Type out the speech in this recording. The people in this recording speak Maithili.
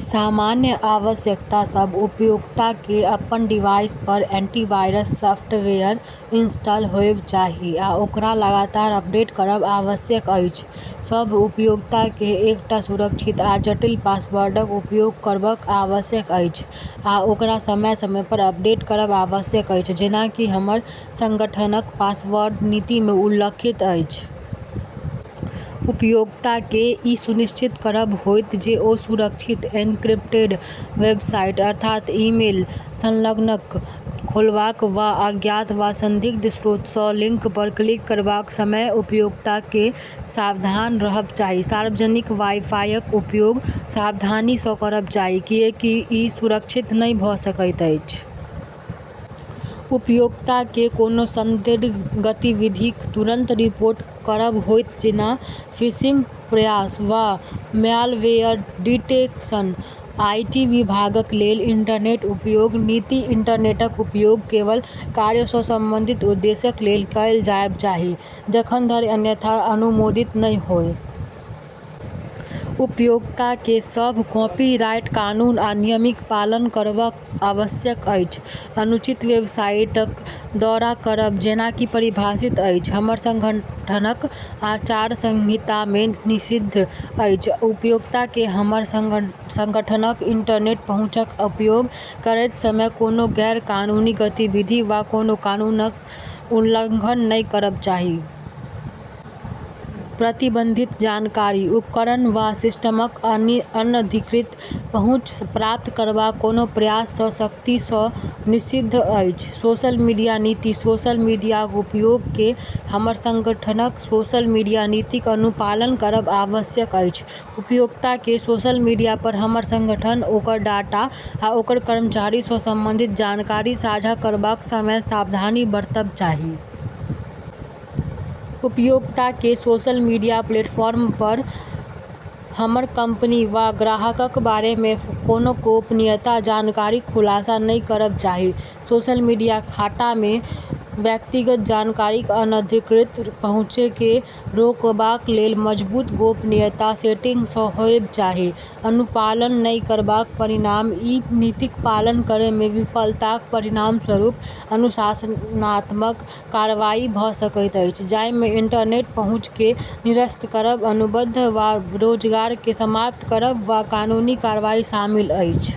सामान्य आवश्यकता सभ उपयोक्ताकेँ अपन डिवाइसपर एन्टीवायरस सफ्टवेयर इन्स्टल होएब चाही, आ ओकरा लगातार अपडेट करब आवश्यक अछि। सभ उपयोक्ताकेँ एकटा सुरक्षित आ जटिल पासवर्डक उपयोग करब आवश्यक अछि आ ओकरा समय-समयपर अपडेट करब आवश्यक अछि जेना कि हमर सङ्गठनक पासवर्ड नीतिमे उल्लिखित अछि। उपयोक्ताकेँ ई सुनिश्चित करब होएत जे ओ सुरक्षित, एन्क्रिप्टेड वेबसाइट (अर्थात) ईमेल संलग्नक खोलबाक वा अज्ञात वा संदिग्ध स्रोतसँ लिङ्कपर क्लिक करबाक समय उपयोक्ताकेँ सावधान रहब चाही। सार्वजनिक वाइफाइक उपयोग सावधानीसँ करब चाही, किएकि ई सुरक्षित नहि भऽ सकैत अछि। उपयोक्ताकेँ कोनो संदिग्ध गतिविधिक तुरंत रिपोर्ट करब होएत, जेना फिशिङ्ग प्रयास वा म्यालवेयर डिटेकसन, आइटी विभागक लेल। इन्टरनेट उपयोग नीति इन्टरनेटक उपयोग केवल कार्यसँ सम्बन्धित उद्देश्यक लेल कएल जाएब चाही, जखन धरि अन्यथा अनुमोदित नहि होय। उपयोक्ताकेँ सभ कपीराइट कानून आ नियमक पालन करब आवश्यक अछि। अनुचित वेबसाइटक दौरा करब, जेना कि परिभाषित अछि, हमर सङ्गठनक आचार संहितामे, निषिद्ध अछि। उपयोक्ताकेँ हमर सङ्गठनक इन्टरनेट पहुँचक उपयोग करैत समय कोनो गैरकानूनी गतिविधि वा कोनो कानूनक उल्लङ्घन नहि करब चाही। प्रतिबन्धित जानकारी, उपकरण, वा सिस्टमक अनधिकृत पहुँच प्राप्त करबाक कोनो प्रयास सख्तीसँ निषिद्ध अछि। सोसल मिडिया नीति सोसल मिडियाक उपयोगकेँ हमर सङ्गठनक सोसल मिडिया नीतिक अनुपालन करब आवश्यक अछि। उपयोक्ताकेँ सोसल मिडियापर हमर सङ्गठन, ओकर डाटा, आ ओकर कर्मचारीसँ सम्बन्धित जानकारी साझा करबाक समय सावधानी बरतब चाही। उपयोक्ताकेँ सोसल मिडिया प्लेटफर्मपर हमर कम्पनी वा ग्राहकक बारेमे कोनो गोपनीय जानकारीक खुलासा नहि करब चाही। सोसल मिडिया खाटामे व्यक्तिगत जानकारीक अनधिकृत पहुँचकेँ रोकबाक लेल मजबुत गोपनीयता सेटिङ्ग्स होएब चाही। अनुपालन नहि करबाक परिणाम ई नीतिक पालन करैमे विफलताक परिणामस्वरूप अनुशासनात्मक कार्रवाई भऽ सकैत अछि, जाहिमे इन्टरनेट पहुँचकेँ निरस्त करब, अनुबन्ध वा रोजगारकेँ समाप्त करब, वा कानूनी कार्रवाई शामिल अछि।